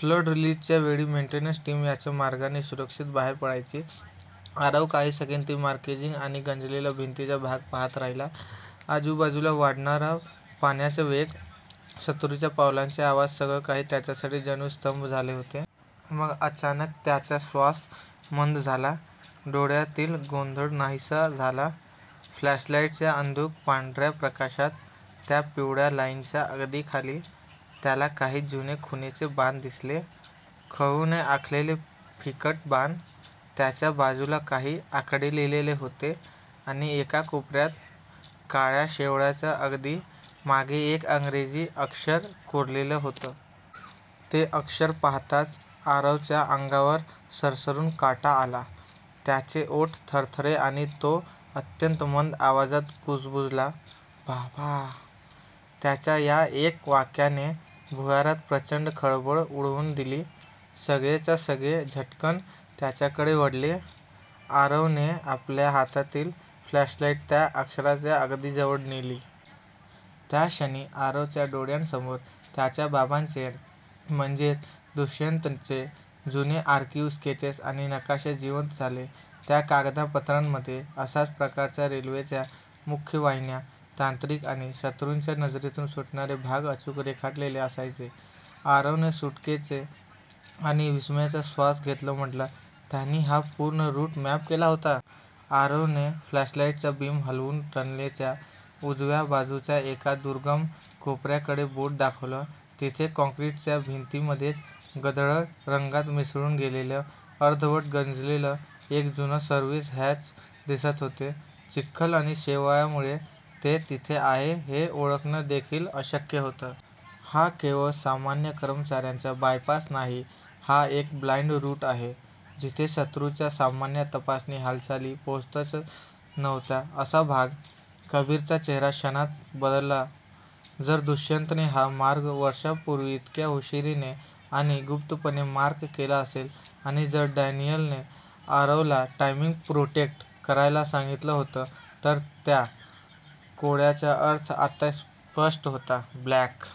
Flood रिलिजच्या वेळी maintenance team याच मार्गाने सुरक्षित बाहेर पडायची. आरव काही सेकंद ती मार्किंग्ज आणि गंजलेला भिंतीचा भाग पाहत राहिला. आजूबाजूला वाढणारा पाण्याचा वेग, शत्रूच्या पावलांचे आवाज सगळं काही त्याच्यासाठी जणू स्तब्ध झालं होतं. मग अचानक त्याचा श्वास मंद झाला, डोळ्यांतील गोंधळ नाहीसा झाला. फ्लॅशलाईटच्या अंधुक पांढऱ्या प्रकाशात, त्या पिवळ्या लाईनच्या अगदी खाली, त्याला काही जुने खुणेचे बाण दिसले. खडूने आखलेले फिकट बाण. त्याच्या बाजूला काही आकडे लिहिले होते आणि एका कोपऱ्यात, काळ्या शेवाळाच्या अगदी मागे एक इंग्रजी अक्षर कोरलेलं होतं. ते अक्षर पाहताच आरवच्या अंगावर सरसरून काटा आला. त्याचे ओठ थरथरले आणि तो अत्यंत मंद आवाजात कुजबुजला, "बाबा" त्याच्या या एका वाक्याने भुयारात प्रचंड खळबळ उडवून दिली. सगळेच्या सगळे झटकन त्याच्याकडे वळले. आरवने आपल्या हातातील फ्लॅशलाईट त्या अक्षराच्या अगदी जवळ नेली. त्याक्षणी आरवच्या डोळ्यांसमोर त्याच्या बाबांचे म्हणजेच दुष्यंतचे जुने आर्काइव्ह स्केचेस आणि नकाशे जिवंत झाले. त्या कागदपत्रांमध्ये अशाच प्रकारच्या रेल्वेच्या मुख्य वाहिन्या, तांत्रिक आणि शत्रूच्या नजरेतून सुटणारे भाग अचूक रेखाटलेले असायचे. आरवने सुटकेचा आणि विस्मयाचा श्वास घेत म्हटलं, "त्यांनी हा पूर्ण रूट मॅप केला होता. " आरवने फ्लॅशलाईटचा बीम हलवून टनेलच्या उजव्या बाजूच्या एका दुर्गम कोपऱ्याकडे बोट दाखवलं. तिथे काँक्रीटच्या भिंतीमध्येच गडद रंगात मिसळून गेलेलं, अर्धवट गंजलेलं एक जुनं सर्व्हिस हॅच दिसत होतं. चिखल आणि शेवाळामुळे ते तिथे आहे हे ओळखणं देखील अशक्य होतं. "हा केवळ सामान्य कर्मचाऱ्यांचा बायपास नाही, हा एक ब्लाईंड रूट आहे. जिथे शत्रूच्या सामान्य तपासणी हालचाली पोहोचतच नव्हत्या, असा भाग! " कबीरचा चेहरा क्षणात बदलला. जर दुष्यंतने हा मार्ग वर्षांपूर्वी इतक्या हुशारीने आणि गुप्तपणे मार्क केला असेल आणि जर डॅनियलने आरवला 'टायमिंग प्रोटेक्ट' करायला सांगितलं होतं, तर या कोडचा अर्थ आता स्पष्ट होता.'ब्लॅक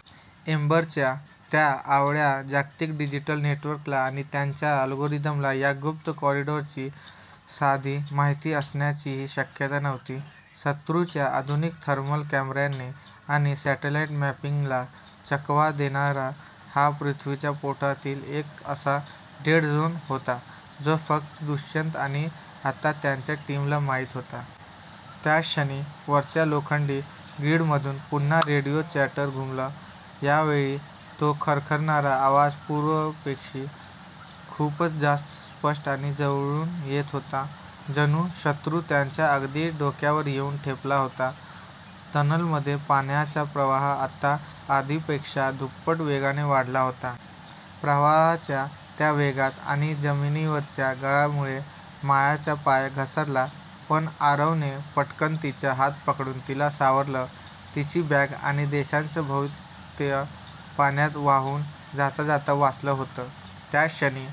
एम्बर'च्या त्या अवाढव्य जागतिक डिजिटल नेटवर्कला आणि त्यांच्या अल्गोरिदमला या गुप्त कॉरिडॉरची साधी माहिती असण्याचीही शक्यता नव्हती. शत्रूच्या आधुनिक थर्मल कॅमेऱ्यांना आणि सॅटेलाईट मॅपिंगला चकवा देणारा हा पृथ्वीच्या पोटातील एक असा 'डेड झोन' होता, जो फक्त दुष्यंत आणि आता त्यांच्या टीमला माहीत होता. त्याच क्षणी वरच्या लोखंडी ग्रीडमधून पुन्हा रेडिओ चॅटर घुमलं. यावेळी तो खरखरणारा आवाज पूर्वीपेक्षा खूपच जास्त स्पष्ट आणि जवळून येत होता, जणू शत्रू त्यांच्या अगदी डोक्यावर येऊन ठेपला होता. टनलमध्ये पाण्याचा प्रवाह आता आधीपेक्षा दुप्पट वेगाने वाढला होता. प्रवाहाच्या त्या वेगात आणि जमिनीवरच्या गाळामुळे मायाचा पाय घसरला, पण आरवने पटकन तिचा हात पकडून तिला सावरलं. तिची बॅग आणि देशाचं भवितव्य पाण्यात वाहून जाता जाता वाचलं होतं. त्याच क्षणी